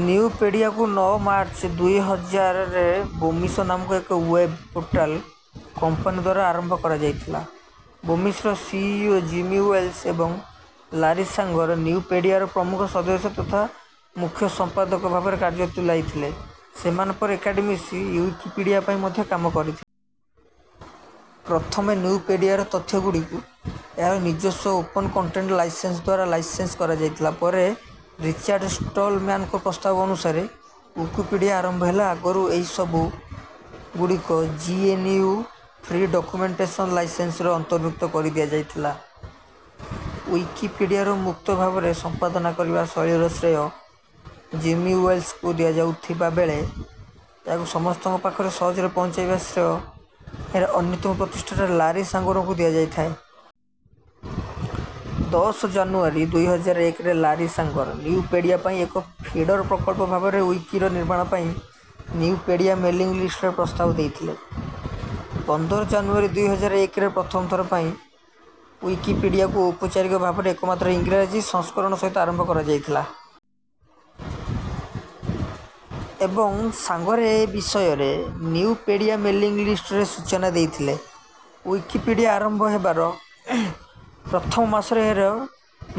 ନ୍ୟୁପେଡ଼ିଆକୁ ନଅ ମାର୍ଚ୍ଚ ଦୁଇ ହଜାର ରେ ବୋମିସ ନାମକ ଏକ ୱେବ ପୋର୍ଟାଲ କମ୍ପାନୀଦ୍ୱାରା ଆରମ୍ଭ କରାଯାଇଥିଲା। ବୋମିସର C. E. O. Jimmy Wales ଏବଂ ଲାରି ସାଙ୍ଗର ନ୍ୟୁପେଡ଼ିଆର ପ୍ରମୁଖ ସଦସ୍ୟ ତଥା ମୁଖ୍ୟ ସମ୍ପାଦକ ଭାବରେ କାର୍ଯ୍ୟ ତୁଲାଇଥିଲେ। ସେମାନେ ପରେ ଏକାଠି ମିଶି ଉଇକିପିଡ଼ିଆ ପାଇଁ ମଧ୍ୟ କାମ କରିଥିଲେ। ପ୍ରଥମେ ନ୍ୟୁପେଡ଼ିଆର ତଥ୍ୟ ଗୁଡ଼ିକୁ ଏହାର ନିଜସ୍ୱ ଓପନ କଣ୍ଟେଣ୍ଟ ଲାଇସେନ୍ସଦ୍ୱାରା ଲାଇସେନ୍ସ କରାଯାଇଥିଲା। ପରେ ରିଚାର୍ଡ ଷ୍ଟଲମ୍ୟାନଙ୍କ ପ୍ରସ୍ତାବ ଅନୁସାରେ ଉଇକିପିଡ଼ିଆ ଆରମ୍ଭ ହେବା ଆଗରୁ ଏହି ସବୁ ଗୁଡ଼ିକୁ G. N. U. Free documentation ଲାଇସେନ୍ସର ଅନ୍ତର୍ଭୁକ୍ତ କରିଦିଆଯାଇଥିଲା। ଉଇକିପିଡ଼ିଆର ମୁକ୍ତ ଭାବରେ ସମ୍ପାଦନା କରିବା ଶୈଳୀ ର ଶ୍ରେୟ ଜିମି ୱେଲ୍ସଙ୍କୁ ଦିଆଯାଉଥିବା ବେଳେ ଏହାକୁ ସମସ୍ତଙ୍କ ପାଖରେ ସହଜରେ ପହଞ୍ଚାଇବାର ଶ୍ରେୟ ଏହାର ଅନ୍ଯତମ ପ୍ରତିଷ୍ଠାତା ଲାରି ସାଙ୍ଗରଙ୍କୁ ଦିଆଯାଇଥାଏ। ଦଶ ଜାନୁଆରୀ ଦୁଇ ହଜାର ଏକରେ ଲାରି ସାଙ୍ଗର ନ୍ୟୁପେଡ଼ିଆ ପାଇଁ ଏକ ଫିଡର ପ୍ରକଳ୍ପ ଭାବରେ ଉଇକିର ନିର୍ମାଣ ପାଇଁ ନ୍ୟୁପେଡ଼ିଆ ମେଲିଂ ଲିଷ୍ଟରେ ପ୍ରସ୍ତାବ ଦେଇଥିଲେ। ପନ୍ଦର ଜାନୁଆରୀ ଦୁଇ ହଜାର ଏକରେ ପ୍ରଥମ ଥର ପାଇଁ ଉଇକିପିଡ଼ିଆକୁ ଔପଚାରିକ ଭାବରେ ଏକମାତ୍ର ଇଂରାଜୀ ସଂସ୍କରଣ ସହିତ ଆରମ୍ଭ କରଯାଇଥିଲା। ଏବଂ ସାଙ୍ଗର ଏ ବିଷୟରେ ନ୍ୟୁପେଡ଼ିଆ ମେଲିଂ ଲିଷ୍ଟରେ ସୂଚନା ଦେଇଥିଲେ। ଉଇକିପିଡ଼ିଆ ଆରମ୍ଭ ହେବାର ପ୍ରଥମ ମାସରେ ଏହାର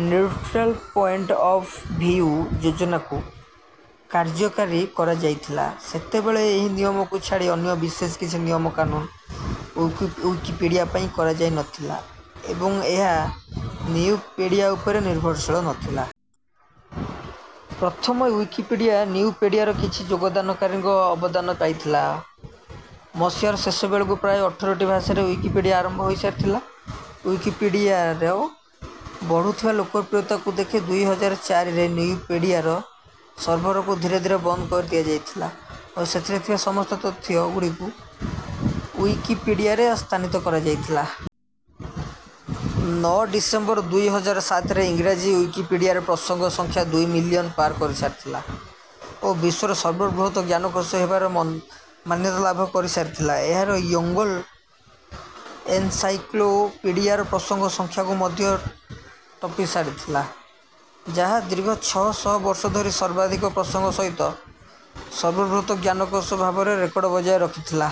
ନ୍ୟୁଟ୍ରାଲ ପଏଣ୍ଟ ଅଫ ଭିୟୁ ଯୋଜନାକୁ କାର୍ଯ୍ୟକାରୀ କରଯାଇଥିଲା। ସେତେବେଳେ ଏହି ନିୟମକୁ ଛାଡ଼ି ଅନ୍ୟ ବିଶେଷ କିଛି ନିୟମ କାନୁନ ଉଇକିପିଡ଼ିଆପାଇଁ କରାଯାଇ ନଥିଲା ଏବଂ ଏହା ନ୍ୟୁପେଡ଼ିଆ ଉପରେ ନିର୍ଭରଶୀଳ ନଥିଲା। ପ୍ରଥମେ ଉଇକିପିଡ଼ିଆ ନ୍ୟୁପେଡ଼ିଆର କିଛି ଯୋଗଦାନକାରୀଙ୍କ ଅବଦାନ ପାଇଥିଲା। ମସିହାର ଶେଷ ବେଳକୁ ପ୍ରାୟ ଅଠରଟି ଭାଷାରେ ଉଇକିପିଡ଼ିଆ ଆରମ୍ଭ ହୋଇସାରିଥିଲା। ଉଇକିପିଡ଼ିଆର ବଢୁଥିବା ଲୋକପ୍ରିୟତାକୁ ଦେଖି ଦୁଇ ହଜାର ଚାରି ରେ ନ୍ୟୁପେଡ଼ିଆର ସର୍ଭରକୁ ଧୀରେ ଧୀରେ ବନ୍ଦ କରିଦିଆଯାଇଥିଲା ଓ ସେଥିରେ ଥିବା ସମସ୍ତ ତଥ୍ୟ ଗୁଡ଼ିକୁ ଉଇକିପିଡ଼ିଆରେ ସ୍ଥାନିତ କରଯାଇଥିଲା। ନଅ ଡ଼ିସେମ୍ବର ଦୁଇ ହଜାର ସାତରେ ଇଂରାଜୀ ଉଇକିପିଡ଼ିଆରେ ପ୍ରସଙ୍ଗ ସଂଖ୍ୟା ଦୁଇ ମିଲିୟନ ପାର କରିସାରିଥିଲା ଓ ବିଶ୍ୱର ସର୍ବବୃହତ ଜ୍ଞାନକୋଷ ହେବାର ମାନ୍ୟତା ଲାଭ କରିସାରିଥିଲା। ଏହା ୟୋଙ୍ଗଲ ଏନସାଇକ୍ଳୋପିଡ଼ିଆର ପ୍ରସଙ୍ଗ ସଂଖ୍ୟାକୁ ମଧ୍ୟ ଟପିସାରିଥିଲା ଯାହା ଦୀର୍ଘ ଛଅ ଶହ ବର୍ଷ ଧରି ସର୍ବାଧିକ ପ୍ରସଙ୍ଗ ସହିତ ସର୍ବବୃହତ ଜ୍ଞାନକୋଷ ଭାବରେ ରେକର୍ଡ ବଜାୟ ରଖିଥିଲା।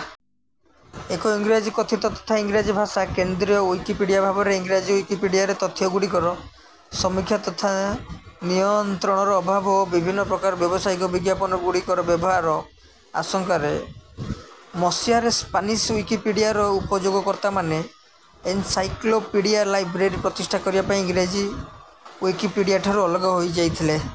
ଏକ ଇଂରାଜୀ କଥିତ ତଥା ଇଂରାଜୀ ଭାଷା କେନ୍ଦ୍ରୀୟ ଉଇକିପିଡ଼ିଆ ଭାବରେ ଇଂରାଜୀ ଉଇକିପିଡ଼ିଆରେ ତଥ୍ୟ ଗୁଡ଼ିକର ସମୀକ୍ଷା ତଥା ନିୟନ୍ତ୍ରଣର ଅଭାବ ଓ ବିଭିନ୍ନ ପ୍ରକାର ବ୍ଯବସାୟିକ ବିଜ୍ଞାପନ ଗୁଡ଼ିକର ବ୍ୟବହାର ଆଶଙ୍କାରେ ମଶିହାରେ ସ୍ପାନିସ ଉଇକିପିଡ଼ିଆର ଉପଯୋଗକର୍ତ୍ତାମାନେ ଏନସାଇକ୍ଳୋପିଡ଼ିଆ ଲାଇବ୍ରେରୀ ପ୍ରତିଷ୍ଠା କରିବା ପାଇଁ ଇଂରାଜୀ ଉଇକିପିଡ଼ିଆଠାରୁ ଅଲଗା ହୋଇଯାଇଥିଲେ।